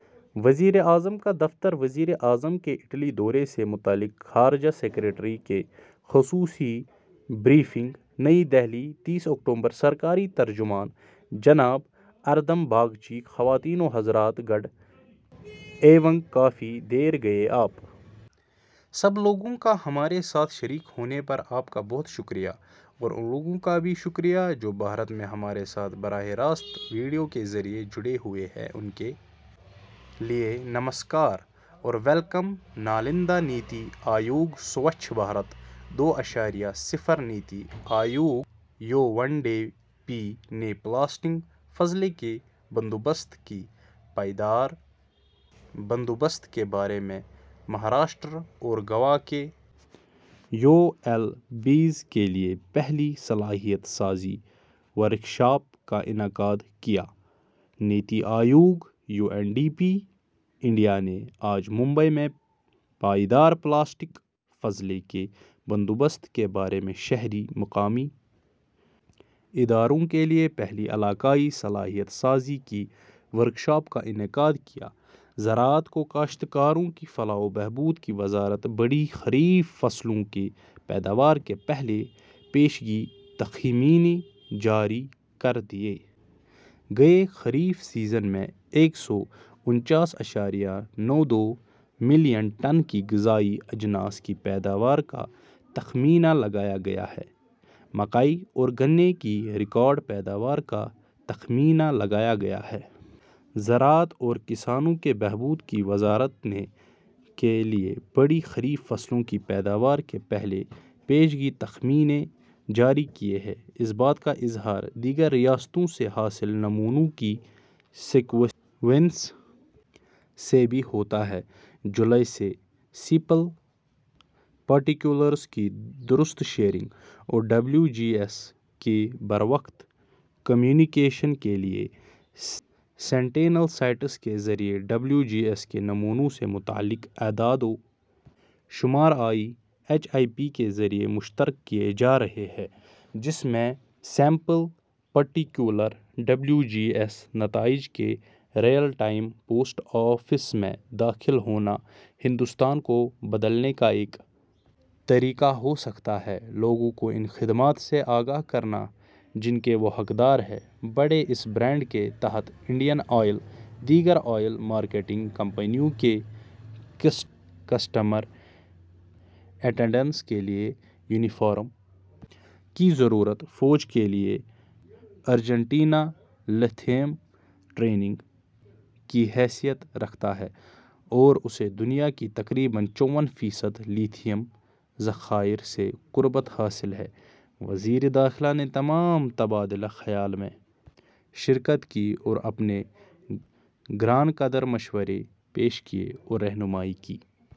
وزیراعظم کا دفتر وزیر اعظم کے اٹلی دورے سے متعلق خارجہ سکریٹری کی خصوصی بریفنگ نئی دہلی تیس اکتوبر سرکاری ترجمان جناب ارندم باگچی خواتین و حضرات گڈ ایوننگ کافی دیر گئے آپ سب لوگوں کا ہمارے ساتھ شریک ہونے پر آپ کا بہت شکریہ اور ان لوگوں کا بھی شکریہ جو بھارت میں ہمارے ساتھ براہ راست ویڈیو کے ذریعے جڑے ہوئے ہیں ان کے لیے نمسکار اور ویلکم نالندہ نیتی آیوگ سووچھ بھارت دو اشاریہ صفر NITI Aayog U N D P نے پلاسٹک فضلے کے بندوبست کے پائیدار بندوبست کے بارے میں مہاراشٹر اور گوا کے یو ایل بیز کے لیے پہلی صلاحیت سازی ورکشاپ کا انعقاد کیا NITI Aayog U N D P India نے آج ممبئی میں پائیدار پلاسٹک فضلے کے بندوبست کے بارے میں شہری مقامی اداروں کے لیے پہلی علاقائی صلاحیت سازی کی ورکشاپ کا انعقاد کیا زراعت اور کاشتکاروں کی فلاح و بہبود کی وزارت بڑی خریف فصلوں کی پیداوار کے پہلے پیشگی تخمینے جاری کر دیے گئے خریف سیزن میں ایک سو انچاس اشاریہ نو دو ملین ٹن کی غذائی اجناس کی پیداوار کا تخمینہ لگایا گیا ہے مکئی اور گنے کی ریکارڈ پیداوار کا تخمینہ لگایا گیا ہے زراعت اور کسانوں کے بہبود کی وزارت نے کے لیے بڑی خریف فصلوں کی پیداوار کے پہلے پیشگی تخمینے جاری کیے ہیں اس بات کا اظہار دیگر ریاستوں سے حاصل نمونوں کی سیکوینسنگ سے بھی ہوتا ہے جولائی سے سیمپل پارٹیکولرس کی درست شیئرنگ اور ڈبلیو جی ایس کے بروقت کمیونیکیشن کے لیے سینٹینل سائٹس کے ذریعہ ڈبلیو جی ایس کے نمونوں سے متعلق اعداد و شمار آئی ایچ آئی پی کے ذریعہ مشترک کیے جا رہے ہیں جس سے sample particular W G S نتائج کی ریئل ٹائم پوسٹ آفس میں داخل ہونا ہندوستان کو بدلنے کا ایک طریقہ ہو سکتا ہے لوگوں کو ان خدمات سے آگاہ کرنا جن کے وہ حقدار ہیں بڑے اس برانڈ کے تحت انڈین آئل دیگر آئل مارکیٹنگ کمپنیوں کے کسٹمر اٹینڈنٹس کے لیے یونیفارم کی ضروریات فوج کے لیے ارجنٹینا لتھیم ٹرائینگ ل کی حیثیت رکھتا ہے اور اسے دنیا کے تقریباً چوون فیصد لتھیم ذخائر سے قربت حاصل ہے وزیر داخلہ نے تمام تبادلہ خیال میں شرکت کی اور اپنے گرانقدر مشورے پیش کیے اور رہنمائی کی